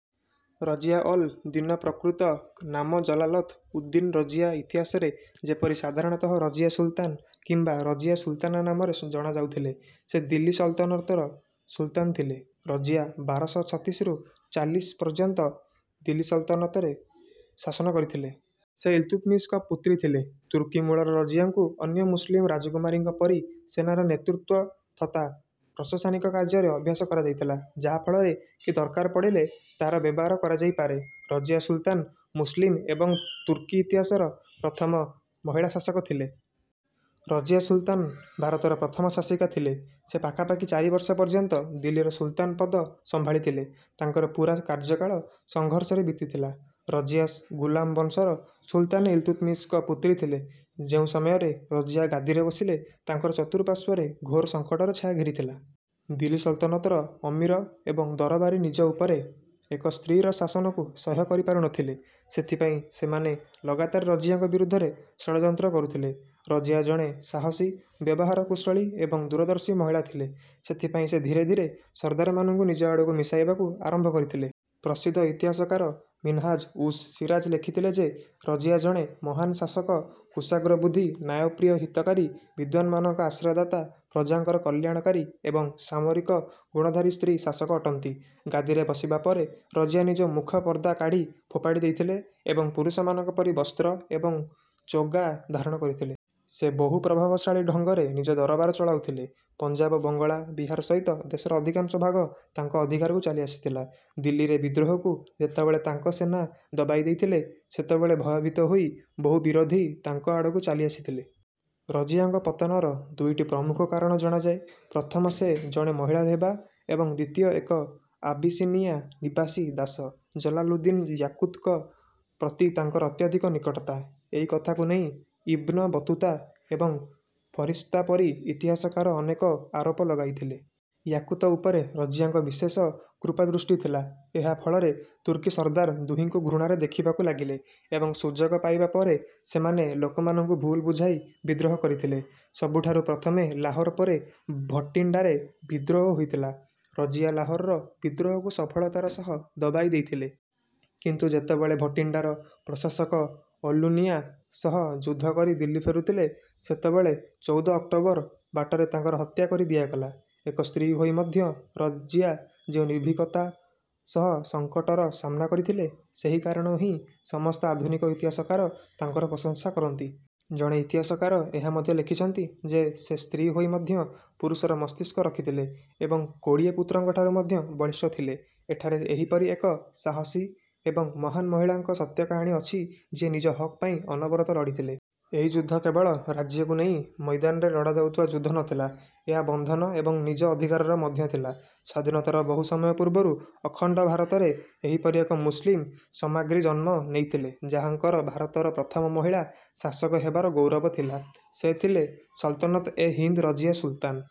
ରଜିୟା ଅଲ ଦିନ ପ୍ରକୃତ ନାମ ଜଲାଲତ ଉଦ ଦିନ ରଜିୟା ଇତିହାସରେ ଯେପରି ସାଧାରଣତଃ ରଜିୟା ସୁଲତାନ କିମ୍ବା ରଜିୟା ସୁଲତାନା ନାମରେ ଜଣାଯାଉଥିଲେ। ସେ ଦିଲ୍ଲୀ ସଲତନତର ସୁଲତାନ ଥିଲେ। ରଜିୟା ବାର ଶହ ଛତିଶରୁ ଚାଲିଶ ପର୍ଯ୍ୟନ୍ତ ଦିଲ୍ଲୀ ସଲତନତରେ ଶାସନ କରିଥିଲେ। ସେ ଇଲତୁତମିଶଙ୍କ ପୁତ୍ରୀ ଥିଲେ। ତୁର୍କୀ ମୂଳର ରଜିୟାଙ୍କୁ ଅନ୍ୟ ମୁସଲିମ ରାଜକୁମାରୀଙ୍କ ପରି ସେନାର ନେତୃତ୍ୱ ଥତା ପ୍ରଶାସନିକ କାର୍ଯ୍ୟରେ ଅଭ୍ୟାସ କରାଯାଇଥିଲା ଯାହାଫଳରେ କି ଦରକାର ପଡ଼ିଲେ ତାହାର ବ୍ୟବହାର କରାଯାଇପାରେ। ରଜିୟା ସୁଲତାନ ମୁସଲିମ ଏବଂ ତୁର୍କୀ ଇତିହାସର ପ୍ରଥମ ମହିଳା ଶାସକ ଥିଲେ। ରଜିୟା ସୁଲତାନ ଭାରତର ପ୍ରଥମ ଶାସିକା ଥିଲେ। ସେ ପାଖାପାଖି ଚାରି ବର୍ଷ ପର୍ଯ୍ୟନ୍ତ ଦିଲ୍ଲୀର ସୁଲତାନ ପଦ ସମ୍ଭାଳିଥିଲେ। ତାଙ୍କର ପୂରା କାର୍ଯ୍ୟକାଳ ସଂଘର୍ଷରେ ବିତିଥିଲା। ରଜିୟା ଗୁଲାମ ବଂଶର ସୁଲତାନ ଇଲତୁତମିଶଙ୍କ ପୁତ୍ରୀ ଥିଲେ। ଯେଉଁ ସମୟରେ ରଜିୟା ଗାଦିରେ ବସିଲେ ତାଙ୍କର ଚତୁର୍ପାର୍ଶ୍ୱରେ ଘୋର ସଂକଟର ଛାୟା ଘେରିଥିଲା। ଦିଲ୍ଲୀ ସଲତନତର ଅମୀର ଏବଂ ଦରବାରୀ ନିଜ ଉପରେ ଏକ ସ୍ତ୍ରୀର ଶାସନକୁ ସହ୍ୟ କରିପାରୁନଥିଲେ। ସେଥିପାଇଁ ସେମାନେ ଲଗାତାର ରଜିୟାଙ୍କ ବିରୁଦ୍ଧରେ ଷଡ଼ଯନ୍ତ୍ର କରୁଥିଲେ। ରଜିୟା ଜଣେ ସାହସୀ ବ୍ୟବହାର କୁଶଳୀ ଏବଂ ଦୂରଦର୍ଶୀ ମହିଳା ଥିଲେ। ସେଥିପାଇଁ ସେ ଧୀରେ ଧୀରେ ସରଦାରମାନଙ୍କୁ ନିଜ ଆଡ଼କୁ ମିଶାଇବାକୁ ଆରମ୍ଭ କରିଥିଲେ। ପ୍ରସିଦ୍ଧ ଇତିହାସକାର ମିନ୍ହାଜ ଉସ ସିରାଜ ଲେଖିଥିଲେ ଯେ ରଜିୟା ଜଣେ ମହାନ୍ ଶାସକ କୁଶାଗ୍ର ବୁଦ୍ଧି ନ୍ୟାୟପ୍ରିୟ ହିତକାରୀ ବିଦ୍ୱାନମାନଙ୍କ ଆଶ୍ରୟଦାତା ପ୍ରଜାଙ୍କର କଲ୍ୟାଣକାରୀ ଏବଂ ସାମରିକ ଗୁଣଧାରୀ ସ୍ତ୍ରୀ ଶାସକ ଅଟନ୍ତି। ଗାଦିରେ ବସିବା ପରେ ରଜିୟା ନିଜ ମୁଖ ପର୍ଦ୍ଦା କାଢ଼ି ଫୋପାଡ଼ି ଦେଇଥିଲେ ଏବଂ ପୁରୁଷମାନଙ୍କ ପରି ବସ୍ତ୍ର ଏବଂ ଚୋଗା ଧାରଣ କରିଥିଲେ। ସେ ବହୁ ପ୍ରଭାବଶାଳୀ ଢଙ୍ଗରେ ନିଜ ଦରବାର ଚଳାଉଥିଲେ। ପଞ୍ଜାବ ବଙ୍ଗଳା ବିହାର ସହିତ ଦେଶର ଅଧିକାଂଶ ଭାଗ ତାଙ୍କ ଅଧିକାରକୁ ଚାଲିଆସିଥିଲା। ଦିଲ୍ଲୀରେ ବିଦ୍ରୋହକୁ ଯେତେବେଳେ ତାଙ୍କ ସେନା ଦବାଇ ଦେଇଥିଲେ ସେତେବେଳେ ଭୟଭୀତ ହୋଇ ବହୁ ବିରୋଧୀ ତାଙ୍କ ଆଡ଼କୁ ଚାଲି ଆସିଥିଲେ। ରଜିୟାଙ୍କ ପତନର ଦୁଇଟି ପ୍ରମୁଖ କାରଣ ଜଣାଯାଏ। ପ୍ରଥମ ସେ ଜଣେ ମହିଳା ହେବା ଏବଂ ଦ୍ୱିତୀୟ ଏକ ଆବିସିନିଆ ନିବାସୀ ଦାସ ଜଲାଲୁଦ୍ଦିନ ୟାକୁତଙ୍କ ପ୍ରତି ତାଙ୍କର ଅତ୍ୟଧିକ ନିକଟତା। ଏହି କଥାକୁ ନେଇ ଇବ୍ନ ବତୂତା ଏବଂ ଫରିସ୍ତା ପରି ଇତିହାସକାର ଅନେକ ଆରୋପ ଲଗାଇଥିଲେ। ୟାକୁତ ଉପରେ ରଜିୟାଙ୍କ ବିଶେଷ କୃପାଦୃଷ୍ଟି ଥିଲା। ଏହା ଫଳରେ ତୁର୍କୀ ସରଦାର ଦୁହିଁଙ୍କୁ ଘୃଣାରେ ଦେଖିବାକୁ ଲାଗିଲେ ଏବଂ ସୁଯୋଗ ପାଇବା ପରେ ସେମାନେ ଲୋକମାନଙ୍କୁ ଭୁଲ୍ ବୁଝାଇ ବିଦ୍ରୋହ କରିଥିଲେ। ସବୁଠାରୁ ପ୍ରଥମେ ଲାହୋର ପରେ ଭଟିଣ୍ଡାରେ ବିଦ୍ରୋହ ହୋଇଥିଲା। ରଜିୟା ଲାହୋରର ବିଦ୍ରୋହକୁ ସଫଳତାର ସହ ଦବାଇଦେଇଥିଲେ। କିନ୍ତୁ ଯେତେବେଳେ ଭଟିଣ୍ଡାର ପ୍ରଶାସକ ଅଲ୍ତୁନିୟା ସହ ଯୁଦ୍ଧ କରି ଦିଲ୍ଲୀ ଫେରୁଥିଲେ ସେତେବେଳେ ଚୌଦ ଅକ୍ଟୋବର ବାଟରେ ତାଙ୍କର ହତ୍ୟା କରିଦିଆଗଲା। ଏକ ସ୍ତ୍ରୀ ହୋଇ ମଧ୍ୟ ରଜିୟା ଯେଉଁ ନିର୍ଭୀକତା ସହ ସଂକଟର ସାମ୍ନା କରିଥିଲେ ସେହି କାରଣରୁ ହିଁ ସମସ୍ତ ଆଧୁନିକ ଇତିହାସକାର ତାଙ୍କର ପ୍ରଶଂସା କରନ୍ତି। ଜଣେ ଇତିହାସକାର ଏହା ମଧ୍ୟ ଲେଖିଛନ୍ତି ଯେ ସେ ସ୍ତ୍ରୀ ହୋଇ ମଧ୍ୟ ପୁରୁଷର ମସ୍ତିଷ୍କ ରଖିଥିଲେ ଏବଂ କୋଡ଼ିଏ ପୁତ୍ରଙ୍କଠାରୁ ମଧ୍ୟ ବଳିଷ୍ଠ ଥିଲେ। ଏଠାରେ ଏହିପରି ଏକ ସାହସୀ ଏବଂ ମହାନ୍ ମହିଳାଙ୍କ ସତ୍ୟ କାହାଣୀ ଅଛି ଯିଏ ନିଜ ହକ୍ ପାଇଁ ଅନବରତ ଲଢ଼ିଥିଲେ। ଏହି ଯୁଦ୍ଧ କେବଳ ରାଜ୍ୟକୁ ନେଇ ମୈଦାନରେ ଲଢ଼ାଯାଉଥିବା ଯୁଦ୍ଧ ନଥିଲା ଏହା ବନ୍ଧନ ଏବଂ ନିଜ ଅଧିକାରର ମଧ୍ୟ ଥିଲା। ସ୍ୱାଧୀନତାର ବହୁ ସମୟ ପୂର୍ବରୁ ଅଖଣ୍ଡ ଭାରତରେ ଏହିପରି ଏକ ମୁସଲିମ ସମ୍ରାଜ୍ଞୀ ଜନ୍ମ ନେଇଥିଲେ ଯାହାଙ୍କର ଭାରତର ପ୍ରଥମ ମହିଳା ଶାସକ ହେବାର ଗୌରବ ଥିଲା। ସେ ଥିଲେ ସଲତନତ ଏ ହିନ୍ଦ ରଜିୟା ସୁଲତାନ।